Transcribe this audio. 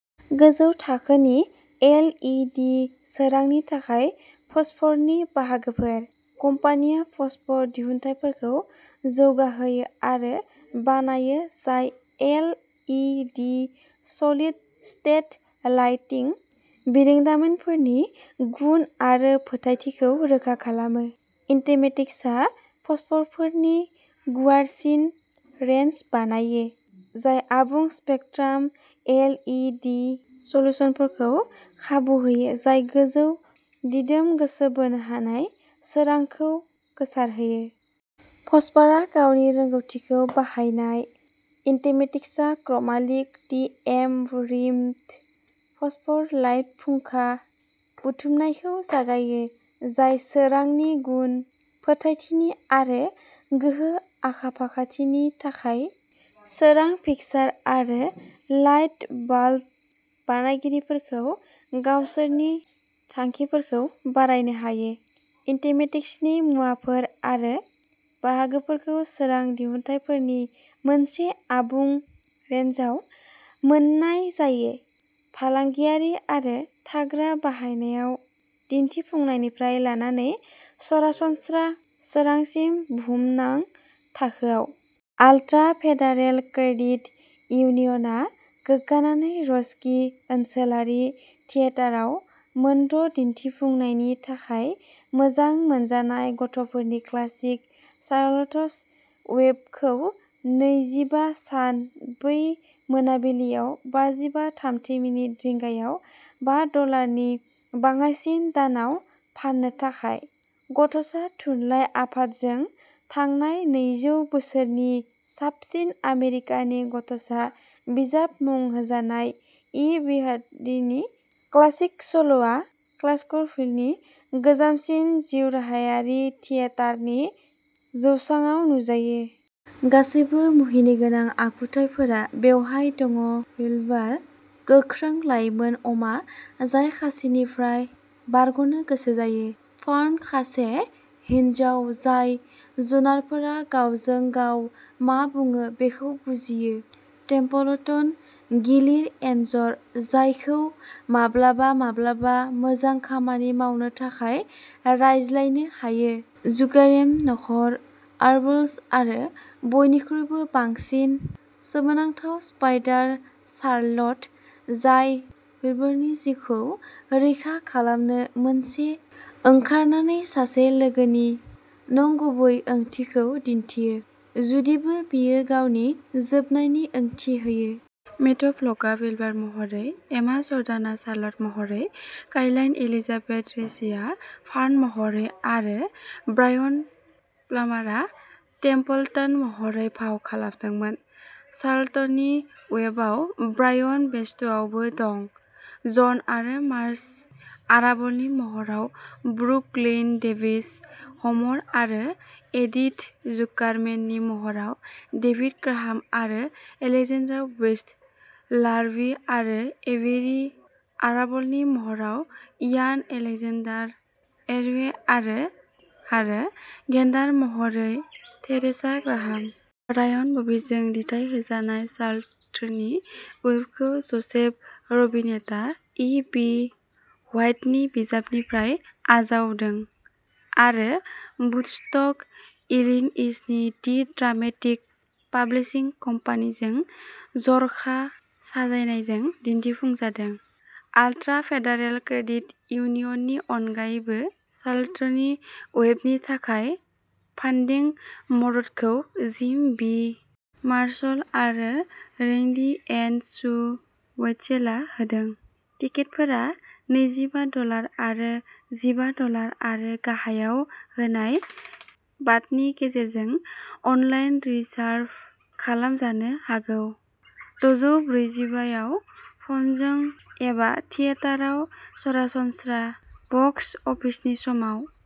गोजौ थाखोनि L E D सोरांनि थाखाय फस्फरनि बाहागोफोर। कम्पानिया फस्फर दिहुनथायफोरखौ जौगाहोयो आरो बानायो जाय L E D solid state lighting बिरोंदामिनफोरनि गुन आरो फोथायथिखौ रोखा खालामो। इन्टेमेटिक्सआ फस्फरफोरनि गुवारसिन रेन्ज बानायो, जाय आबुं स्पेकट्राम एल इ डि सल्युसनफोरखौ खाबु होयो जाय गोजों, दिदोम, गोसो बोनो हानाय सोरांखौ गोसारहोयो। फस्फरआव गावनि रोंग'थिखौ बाहायना, इन्टेमेटिक्सआ ChromaLit T M remote phosphor light फुंखा बुथुमनायखौ जगायो जाय सोरांनि गुन, फोथायथिनि आरो गोहो आखाफाखाथिनि थाखाय सोरां फिक्सार आरो लाइट बाल्ब बानायगिरिफोरखौ गावसोरनि थांखिफोरखौ बारायनो हायो। इन्टेमेटिक्सनि मुवाफोर आरो बाहागोफोरखौ सोरां दिहुनथायफोरनि मोनसे आबुं रेन्जआव मोन्नाय जायो फालांगियारि आरो थाग्रा बाहायनायाव दिन्थिफुंनायनिफ्राय लानानै सरासनस्रा सोरांसिम बुहुमनां थाखोआव। आल्ट्रा फेडारेल क्रेडिट इउनियना गोग्गानायै र'क्सी ओनसोलारि थियेटारआव मोनद' दिन्थिफुंनायनि थाखाय मोजां मोनजानाय गथ'फोरनि क्लासिक सारलथस वेबखौ नैजिबा जान बै मोनाबिलियाव बा बाजि थामजि मिनिट रिंगायाव बा डलारनि बाङाइसिन दानआव फान्नो थाखाय। गथ'सा थुनलाइ आफादजों थांनाय नैजौ बोसोरनि साबसिन आमेरिकानि गथ'सा बिजाब मुं होजानाय, इ बि ह्वाटिनि क्लासिक सल'आ क्लार्कसभिनि गोजामसिन जिउराहायारि थियेटारनि जौस्राङाव नुजायो। गासैबो मुहिनिगोनां आखुथाइफोरा बेवहाय दङ विल्बार, गोख्रों लाइमोन अमा जाय खासिनिफ्राय बारग'नो गोसो जायो। फार्न, सासे हिनजाव जाय जुनारफोरा गावजों-गाव मा बुङो बेखौ बुजियो टेम्पलटन, गिलिर एनजर जायखौ माब्लाबा-माब्लाबा मोजां खामानि मावनो थाखाय रायज्लायनो हायो जुकारम्यान नखर, आरबल्स, आरो बयनिख्रुइबो बांसिन, सोमोनांथाव स्पाइडार, शार्लट, जाय विल्बारनि जिउखौ रैखा खालामनो मोनसे ओंखारनानै सासे लोगोनि नंगुबै ओंथिखौ दिन्थियो, जुदिबो बेयो गावनि जोबनायनि ओंथि होयो। मेट फ्ल'क'आ विल्बार महरै, एमा जर्डानआ शार्लट महरै, काइलान एलिजाबेथ रिचीआ फार्न महरै आरो ब्रायन प्लामारआ टेम्पलटन महरै फाव खालामदोंमोन, चार्ल'टनि वेबआव ब्रायन बेस्टआबो दं। जन आरो मार्था आराबलनि महराव ब्रुक लेइ डेभिस, ह'मर आरो एडिथ जुकारम्याननि महराव डेभिड ग्राहाम आरो एलेक्जेन्ड्रा वेस्ट, लार्भि आरो एभेरि आराबलनि महराव इयान एलेक्जेन्डार एरबे, आरो गेन्डार महरै थेरेसा ग्राहाम। रायन बवीजों दिथाहोजानाय, चार्ल'ट्टीनि वेबखौ ज'सेफ रबिनेटआ इ बी व्हाइटनि बिजाबनिफ्राय आजावदों, आरो वुडस्टक, इलिन'इसनि दि ड्रामेटिक पाब्लिशिं कम्पानिजों जर'खा साजायनायजों दिन्थिफुंजादों। आल्ट्रा फेडारेल क्रेडिट इउनियननि अनगायैबो, चार्ल'ट्टीनि वेबनि थाखाय फान्डिं मददखौ जिम बी. मार्शाल आरो रेंडी एन्ड सु व्हीटसेलआ होदों। टिकेटफोरा नैजिबा डलार आरो जिबा डलार आरो गाहायाव होनाय बाटननि गेजेरजों अनलाइन रिजार्भ खालामजानो हागौ, दजौ ब्रैजिबा आव फनजों, एबा थियेटारआव सरासनस्रा बक्स अफिसनि समाव।